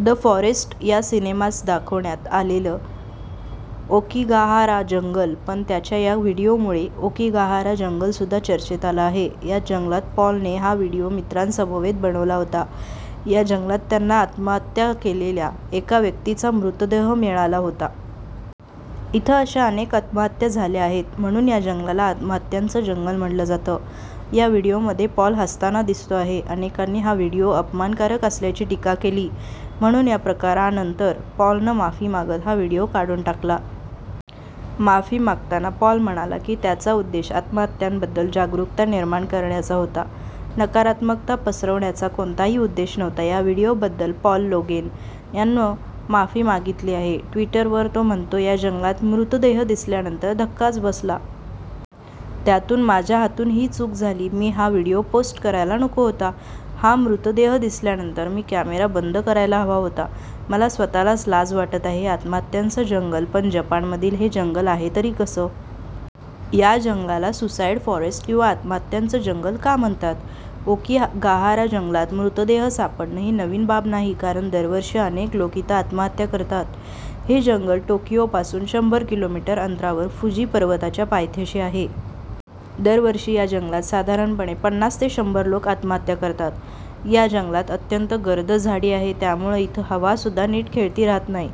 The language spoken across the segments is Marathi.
द फॉरेस्ट या सिनेमाच दाखवण्यात आलेलं ओकिगाहारा जंगल पण त्याच्या या व्हीडिओमुळे ओकिगाहारा जंगलसुद्धा चर्चेत आलं आहे. याच जंगलात पॉलने हा व्हीडिओ मित्रांसमवेत बनवला होता. या जंगलात त्यांना आत्महत्या केलेल्या एका व्यक्तीचा मृतदेह मिळाला होता. इथं अशा अनेक आत्महत्या झाल्या आहेत, म्हणून या जंगलाला आत्महत्यांचं जंगल म्हटलं जातं. या व्हीडिओमध्ये पॉल हसताना दिसतो आहे. अनेकांनी हा व्हीडिओ अपमानकारक असल्याची टीका केली. म्हणून या प्रकारानंतर पॉलनं माफी मागत हा व्हीडिओ काढून टाकला. माफी मागताना पॉल म्हणाला की त्याचा उद्देश आत्महत्यांबद्दल जागरूकता निर्माण करण्याचा होता, नकारात्मकता पसरवण्याचा कोणताही उद्देश नव्हता. या व्हीडिओबद्दल पॉल लोगेन यानं माफी मागितली आहे. ट्विटरवर तो म्हणतो, या जंगलात मृतदेह दिसल्यानंतर मला धक्काच बसला. त्यातून माझ्या हातून ही चूक झाली. मी हा व्हीडिओ पोस्ट करायला नको होता. हा मृतदेह दिसल्यानंतर मी कॅमेरा बंद करायला हवा होता. मला स्वतःलाच लाज वाटत आहे. आत्महत्यांचं जंगल पण जपानमधील हे जंगल आहे तरी कसं? या जंगलाला सुसाईड फॉरेस्ट किंवा आत्महत्यांचं जंगल का म्हणतात? ओकिगाहारा जंगलात मृतदेह सापडणं ही नवीन बाब नाही. कारण दरवर्षी अनेक लोक इथं आत्महत्या करतात. हे जंगल टोकिओपासून शंभर किलोमीटर अंतरावर फुजी पर्वताच्या पायथ्याशी आहे. दरवर्षी या जंगलात साधारणपणे पन्नास ते शंभर लोक आत्महत्या करतात. या जंगलात अत्यंत गर्द झाडी आहे. त्यामुळं इथं हवासुद्धा नीट खेळती राहत नाही.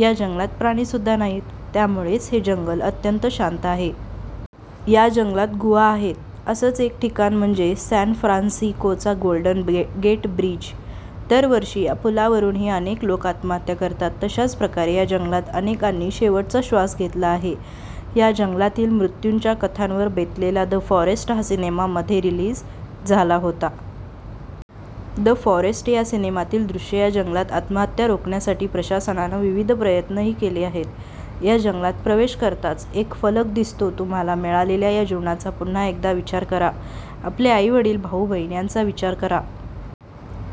या जंगलात प्राणीसुद्धा नाहीत. त्यामुळेच हे जंगल अत्यंत शांत आहे. या जंगलात गुहा आहेत. असंच एक ठिकाण म्हणजे सॅनफ्रान्सिस्कोचा गोल्डन गेट ब्रिज. दरवर्षी या पुलावरूनही अनेक लोक आत्महत्या करतात. तशाच प्रकारे या जंगलात अनेकांनी शेवटचा श्वास घेतला आहे. या जंगलातील मृत्यूंच्या कथांवर बेतलेला द फॉरेस्ट हा सिनेमा मध्ये रिलीज झाला होता. द फॉरेस्ट या सिनेमातील दृश्य या जंगलात आत्महत्या रोखण्यासाठी प्रशासनानं विविध प्रयत्नही केले आहेत. या जंगलात प्रवेश करताच एक फलक दिसतो तुम्हाला मिळालेल्या या जीवनाचा पुन्हा एकदा विचार करा. आपले आई वडील, भाऊ बहीण यांचा विचार करा.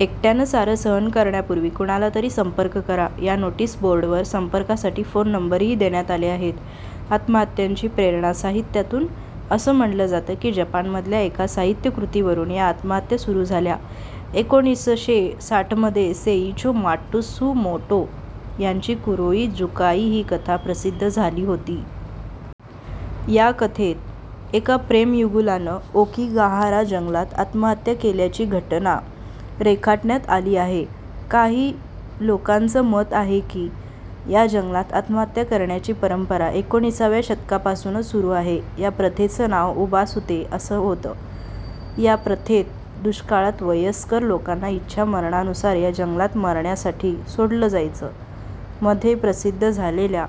एकट्यानं सारं सहन करण्यापूर्वी कुणाला तरी संपर्क करा. या नोटीस बोर्डवर संपर्कासाठी फोन नंबरही देण्यात आले आहेत. आत्महत्यांची प्रेरणा साहित्यातून? असं म्हटलं जातं की जपानमधल्या एका साहित्यकृतीवरून या आत्महत्या सुरू झाल्या. एकोणीसशे साठमध्ये सेइचो माट्सुमोटो यांची कुरोई जुकाई ही कथा प्रसिद्ध झाली होती. या कथेत एका प्रेमीयुगुलानं ओकिगाहारा जंगलात आत्महत्या केल्याची घटना रेखाटण्यात आली आहे. काही लोकांचं मत आहे की, या जंगलात आत्महत्या करण्याची परंपरा एकोणीसव्या शतकापासूनच सुरू आहे. या प्रथेचं नाव उबासुते असं होतं. या प्रथेत दुष्काळात वयस्कर लोकांना इच्छा मरणानुसार या जंगलात मरण्यासाठी सोडलं जायचे. मध्ये प्रसिद्ध झालेल्या